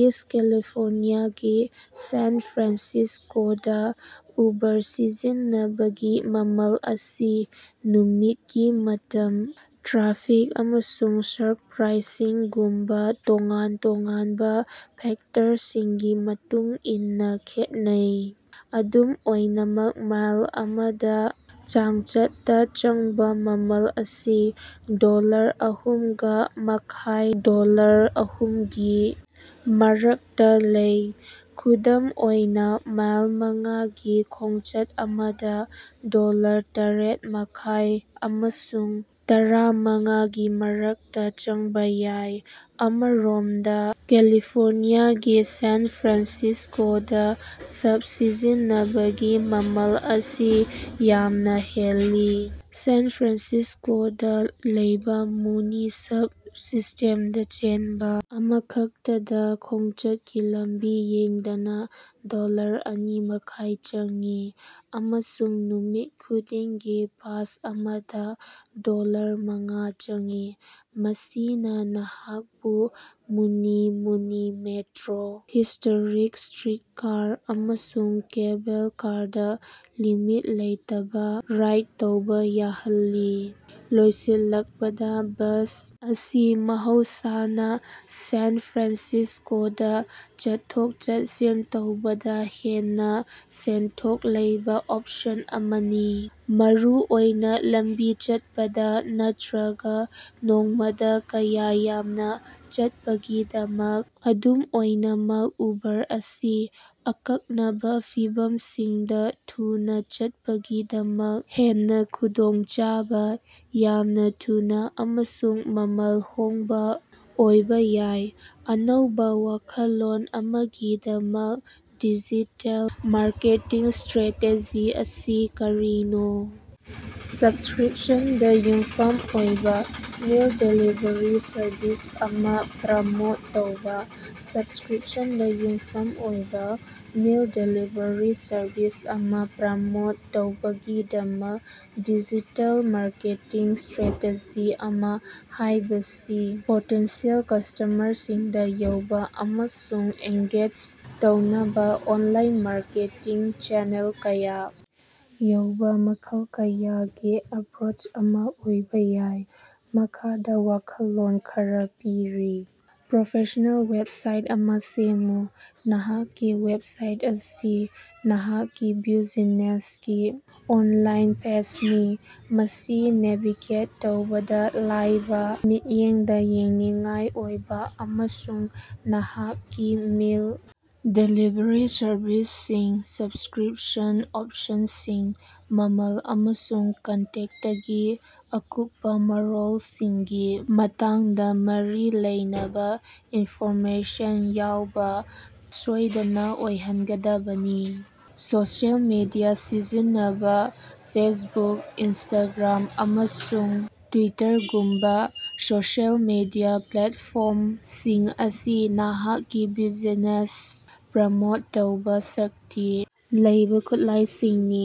ꯑꯦꯁ ꯀꯦꯂꯤꯐꯣꯔꯅꯤꯌꯥꯒꯤ ꯁꯥꯟ ꯐ꯭ꯔꯥꯟꯁꯤꯁꯀꯣꯗ ꯎꯕꯥꯔ ꯁꯤꯖꯤꯟꯅꯕꯒꯤ ꯃꯃꯜ ꯑꯁꯤ ꯅꯨꯃꯤꯠꯀꯤ ꯃꯇꯝ, ꯇ꯭ꯔꯥꯐꯤꯛ ꯑꯃꯁꯨꯡ ꯁꯔꯖ ꯄ꯭ꯔꯥꯏꯁꯤꯡꯒꯨꯝꯕ ꯇꯣꯉꯥꯟ ꯇꯣꯉꯥꯟꯕ ꯐꯦꯛꯇꯔꯁꯤꯡꯒꯤ ꯃꯇꯨꯡ ꯏꯟꯅ ꯈꯦꯠꯅꯩ꯫ ꯑꯗꯨꯝ ꯑꯣꯏꯅꯃꯛ ꯃꯥꯏꯜ ꯑꯃꯗ ꯆꯥꯡꯆꯠꯇ ꯆꯪꯕ ꯃꯃꯜ ꯑꯁꯤ ꯗꯣꯂꯔ ꯑꯃꯒ ꯃꯈꯥꯏ ꯗꯣꯂꯔ ꯑꯍꯨꯝꯒꯤ ꯃꯔꯛꯇ ꯂꯩ꯫ ꯈꯨꯗꯝ ꯑꯣꯏꯅ, ꯃꯥꯏꯜ ꯃꯉꯥꯒꯤ ꯈꯣꯡꯆꯠ ꯑꯃꯗ ꯗꯣꯂꯔ ꯇꯔꯦꯠ ꯃꯈꯥꯏ ꯑꯃꯁꯨꯡ ꯇꯔꯥꯃꯉꯥꯒꯤ ꯃꯔꯛꯇ ꯆꯪꯕ ꯌꯥꯏ꯫ ꯑꯃꯔꯣꯝꯗ ꯀꯦꯂꯤꯐꯣꯔꯅꯤꯌꯥꯒꯤ ꯁꯥꯟ ꯐ꯭ꯔꯥꯟꯁꯤꯁꯀꯣꯗ ꯕꯁ ꯁꯤꯖꯤꯟꯅꯕꯒꯤ ꯃꯃꯜ ꯑꯁꯤ ꯌꯥꯝꯅ ꯍꯦꯜꯂꯤ꯫ ꯁꯥꯟ ꯐ꯭ꯔꯥꯟꯁꯤꯁꯀꯣꯗꯥ ꯂꯩꯕ ꯃꯨꯅꯤ ꯕꯁ ꯁꯤꯁ꯭ꯇꯦꯝꯗ ꯆꯦꯟꯕ ꯑꯃꯈꯛꯇꯗ ꯈꯣꯡꯆꯠꯀꯤ ꯂꯝꯕꯤ ꯌꯦꯡꯗꯅ ꯗꯣꯂꯔ ꯑꯅꯤ ꯃꯈꯥꯏ ꯆꯪꯏ, ꯑꯃꯁꯨꯡ ꯅꯨꯃꯤꯠ ꯈꯨꯗꯤꯡꯒꯤ ꯄꯥꯁ ꯑꯃꯗ ꯗꯣꯂꯔ ꯃꯉꯥ ꯆꯪꯏ ꯃꯁꯤꯅ ꯅꯍꯥꯛꯄꯨ ꯃꯨꯅꯤ, ꯃꯨꯅꯤ ꯃꯦꯇ꯭ꯔꯣ, ꯍꯤꯁꯇꯣꯔꯤꯛ ꯁ꯭ꯇꯔꯤꯠꯀꯥꯔ, ꯑꯃꯁꯨꯡ ꯀꯦꯕꯜ ꯀꯥꯔꯗ ꯂꯤꯃꯤꯠ ꯂꯩꯇꯕ ꯔꯥꯏꯗ ꯇꯧꯕ ꯌꯥꯍꯜꯂꯤ꯫ ꯂꯣꯏꯁꯤꯜꯂꯛꯄꯗ, ꯕꯁ ꯑꯁꯤ ꯃꯍꯧꯁꯥꯅ ꯁꯥꯟ ꯐ꯭ꯔꯥꯟꯁꯤꯁꯀꯣꯗ ꯆꯠꯊꯣꯛ-ꯆꯠꯁꯤꯟ ꯇꯧꯕꯗ ꯍꯦꯟꯅ‌ ꯁꯦꯟꯗꯣꯡ ꯂꯩꯕ ꯑꯣꯞꯁꯟ ꯑꯃꯅꯤ, ꯃꯔꯨꯑꯣꯏꯅ ꯂꯝꯕꯤ ꯆꯠꯄꯗ ꯅꯠꯇꯔꯒ ꯅꯣꯡꯃꯗ ꯀꯌꯥ ꯌꯥꯝꯅ ꯆꯠꯄꯒꯤꯗꯃꯛ꯫ ꯑꯗꯨꯝ ꯑꯣꯏꯅꯃꯛ ꯎꯕꯥꯔ ꯑꯁꯤ ꯑꯀꯛꯅꯕ ꯐꯤꯚꯝꯁꯤꯡꯗ ꯊꯨꯅ ꯆꯠꯄꯒꯤꯗꯃꯛ ꯍꯦꯟꯅ ꯈꯨꯗꯣꯡꯆꯥꯕ, ꯌꯥꯝꯅ‌ ꯊꯨꯅ ꯑꯃꯁꯨꯡ ꯃꯃꯜ ꯍꯣꯡꯕ‌ ꯑꯣꯏꯕ ꯌꯥꯏ꯫ ꯑꯅꯧꯕꯥ ꯋꯥꯈꯜꯂꯣꯟ ꯑꯃꯒꯤꯗꯃꯛ ꯗꯤꯖꯤꯇꯦꯜ ꯃꯥꯔꯀꯦꯇꯤꯡ ꯁ꯭ꯇꯔꯦꯇꯦꯖꯤ ꯑꯁꯤ ꯀꯔꯤꯅꯣ? ꯁ꯭ꯕꯁꯀ꯭ꯔꯤꯞꯁꯟꯗ ꯌꯨꯝꯐꯝ ꯑꯣꯏꯕ ꯃꯤꯜ ꯗꯦꯂꯤꯚꯔꯤ ꯁꯔꯚꯤꯁ ꯑꯃ ꯄ꯭ꯔꯣꯃꯣꯠ ꯇꯧꯕ꯫ ꯁ꯭ꯕꯁꯀ꯭ꯔꯤꯞꯁꯟꯗ ꯌꯨꯝꯐꯝ ꯑꯣꯏꯕ ꯃꯤꯜ ꯗꯦꯂꯤꯚꯔꯤ ꯁꯔꯚꯤꯁ ꯑꯃ ꯄ꯭ꯔꯃꯣꯠ ꯇꯧꯅꯕꯒꯤꯗꯃꯛ ꯗꯤꯖꯤꯇꯦꯜ ꯃꯥꯔꯀꯦꯇꯤꯡ ꯁ꯭ꯇꯔꯦꯇꯦꯖꯤ ꯑꯃ ꯍꯥꯥꯏꯕꯁꯤ ꯄꯣꯇꯦꯟꯁꯤꯑꯦꯜ ꯀꯁ꯭ꯇꯃꯔꯁꯤꯡꯗ ꯌꯧꯕ ꯑꯃꯁꯨꯡ ꯑꯦꯡꯒꯦꯖ ꯇꯧꯅꯕ ꯑꯣꯟꯂꯥꯏꯟ ꯃꯥꯔꯀꯦꯇꯤꯡ ꯆꯦꯅꯦꯜ ꯀꯌꯥ ꯌꯥꯎꯕ ꯃꯈꯜ ꯀꯌꯥꯒꯤ ꯑꯦꯞꯔꯣꯆ ꯑꯃ ꯑꯣꯏꯕ ꯌꯥꯏ꯫ ꯃꯈꯥꯗ ꯋꯥꯈꯜꯂꯣꯟ ꯈꯔ ꯄꯤꯔꯤ- ꯄ꯭ꯔꯣꯐꯦꯁ꯭ꯅꯦꯜ ꯋꯦꯕꯁꯥꯏꯠ ꯑꯃ ꯁꯦꯝꯃꯨ - ꯅꯍꯥꯛꯀꯤ ꯋꯦꯕꯁꯥꯏꯠ ꯑꯁꯤ ꯅꯍꯥꯛꯀꯤ ꯕ꯭ꯌꯨꯖꯤꯅꯦꯁꯀꯤ ꯑꯣꯟꯂꯥꯏꯟ ꯐꯦꯁꯅꯤ꯫ ꯃꯁꯤ ꯅꯦꯚꯤꯒꯦꯠ ꯇꯧꯕꯗ ꯂꯥꯏꯕ, ꯃꯤꯠꯌꯦꯡꯗ ꯌꯦꯡꯅꯤꯡꯉꯥꯏ ꯑꯣꯏꯕ ꯑꯃꯁꯨꯡ ꯅꯍꯥꯛꯀꯤ ꯃꯤꯜ ꯗꯦꯂꯤꯚꯔꯤ ꯁꯔꯚꯤꯁꯁꯤꯡ, ꯁ꯭ꯕꯁꯀꯔꯤꯞꯁꯟ ꯑꯣꯞꯁꯟꯁꯤꯡ, ꯃꯃꯜ ꯑꯃꯁꯨꯡ ꯀꯟꯇꯦꯛꯇꯀꯤ ꯑꯀꯨꯞꯄ ꯃꯔꯣꯜꯁꯤꯡꯒꯤ ꯃꯇꯥꯡꯗ ꯃꯔꯤ ꯂꯩꯅꯕ ꯏꯟꯐꯣꯔꯃꯦꯁꯟ ꯌꯥꯎꯕ ꯁꯣꯏꯗꯅ ꯑꯣꯏꯍꯟꯒꯗꯕꯅꯤ꯫ ꯁꯣꯁꯤꯑꯦꯜ ꯃꯤꯗꯤꯌꯥ ꯁꯤꯖꯤꯟꯅꯕ - ꯐꯦꯁꯕꯨꯛ, ꯏꯟꯁꯇꯥꯒ꯭ꯔꯥꯝ ꯑꯃꯁꯨꯡ ꯇ꯭ꯌꯨꯇꯔꯒꯨꯝꯕꯥ ꯁꯣꯁꯤꯑꯦꯜ ꯃꯤꯗꯤꯌꯥ ꯄ꯭ꯂꯦꯠꯐꯣꯔꯝꯁꯤꯡ ꯑꯁꯤ ꯅꯍꯥꯛꯀꯤ ꯕꯤꯖꯤꯅꯦꯁ ꯄ꯭ꯔꯃꯣꯠ ꯇꯧꯅꯕ‌ ꯁꯛꯇꯤ ꯂꯩꯕ‌ ꯈꯨꯠꯂꯥꯏꯁꯤꯡꯅꯤ꯫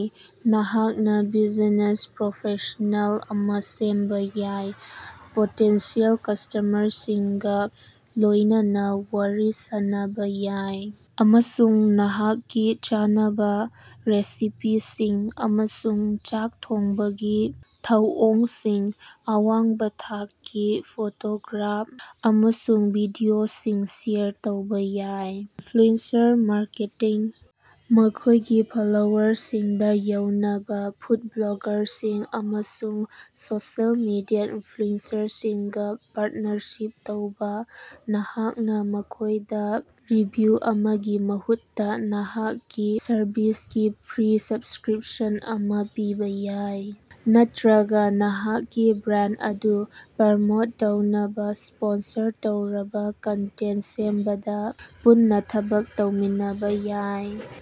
ꯅꯍꯥꯛꯅ ꯕꯤꯖꯤꯅꯦꯁ ꯄ꯭ꯔꯣꯐꯥꯏꯜ ꯑꯃ ꯁꯦꯝꯕ ꯌꯥꯏ, ꯄꯣꯇꯦꯟꯁꯤꯌꯦꯜ ꯀꯁ꯭ꯇꯃꯔꯁꯤꯡꯒ ꯂꯣꯏꯅꯅ ꯋꯥꯔꯤ ꯁꯥꯅꯕ ꯌꯥꯏ, ꯑꯃꯁꯨꯡ ꯅꯍꯥꯛꯀꯤ ꯆꯥꯅꯕ, ꯔꯦꯁꯤꯄꯤꯁꯤꯡ ꯑꯃꯁꯨꯡ ꯆꯥꯛ ꯊꯣꯡꯕꯒꯤ ꯊꯧꯑꯣꯡꯒꯤ ꯑꯋꯥꯡꯕ ꯊꯥꯛꯀꯤ ꯐꯣꯇꯣꯒ꯭ꯔꯥꯐ ꯑꯃꯁꯨꯡ ꯚꯤꯗꯤꯑꯣꯁꯤꯡ ꯁꯦꯌꯔ ꯇꯧꯕ ꯌꯥꯏ꯫ ꯏꯟꯐ꯭ꯂꯨꯑꯦꯟꯁꯔ ꯃꯥꯔꯀꯦꯠꯇꯤꯡ - ꯃꯈꯣꯏꯒꯤ ꯐꯣꯂꯣꯋꯔꯁꯤꯡꯗ ꯌꯧꯅꯕ ꯐꯨꯗ ꯕ꯭ꯂꯣꯒꯥꯔꯁꯤꯡ ꯑꯃꯁꯨꯡ ꯁꯣꯁꯤꯑꯦꯜ ꯃꯤꯗꯤꯌ ꯏꯟꯐ꯭ꯂꯨꯑꯦꯟꯁꯔꯁꯤꯡꯒ‌ ꯄꯥꯔꯇꯅꯔꯁꯤꯞ ꯇꯧꯕ꯫ ꯅꯍꯥꯛꯅ ꯃꯈꯣꯏꯗ ꯔꯤꯚꯤꯌꯨ ꯑꯃꯒꯤ ꯃꯍꯨꯠꯇ ꯅꯍꯥꯛꯀꯤ ꯁꯔꯚꯤꯁꯀꯤ ꯐ꯭ꯔꯤ ꯁ꯭ꯕꯁꯀ꯭ꯔꯤꯞꯁꯟ ꯑꯃ ꯄꯤꯕ ꯌꯥꯏ, ꯅꯠꯇꯔꯒ ꯅꯍꯥꯛꯀꯤ ꯕ꯭ꯔꯥꯟꯗ ꯑꯗꯨ ꯄ꯭ꯔꯃꯣꯠ ꯇꯧꯅꯕ ꯁ꯭ꯄꯣꯟꯁꯔ ꯇꯧꯔꯕ ꯀꯟꯇꯦꯟꯇ ꯁꯦꯝꯕꯗ ꯄꯨꯟꯅ‌ ꯊꯕꯛ ꯇꯧꯃꯤꯟꯅꯕ ꯌꯥꯏ꯫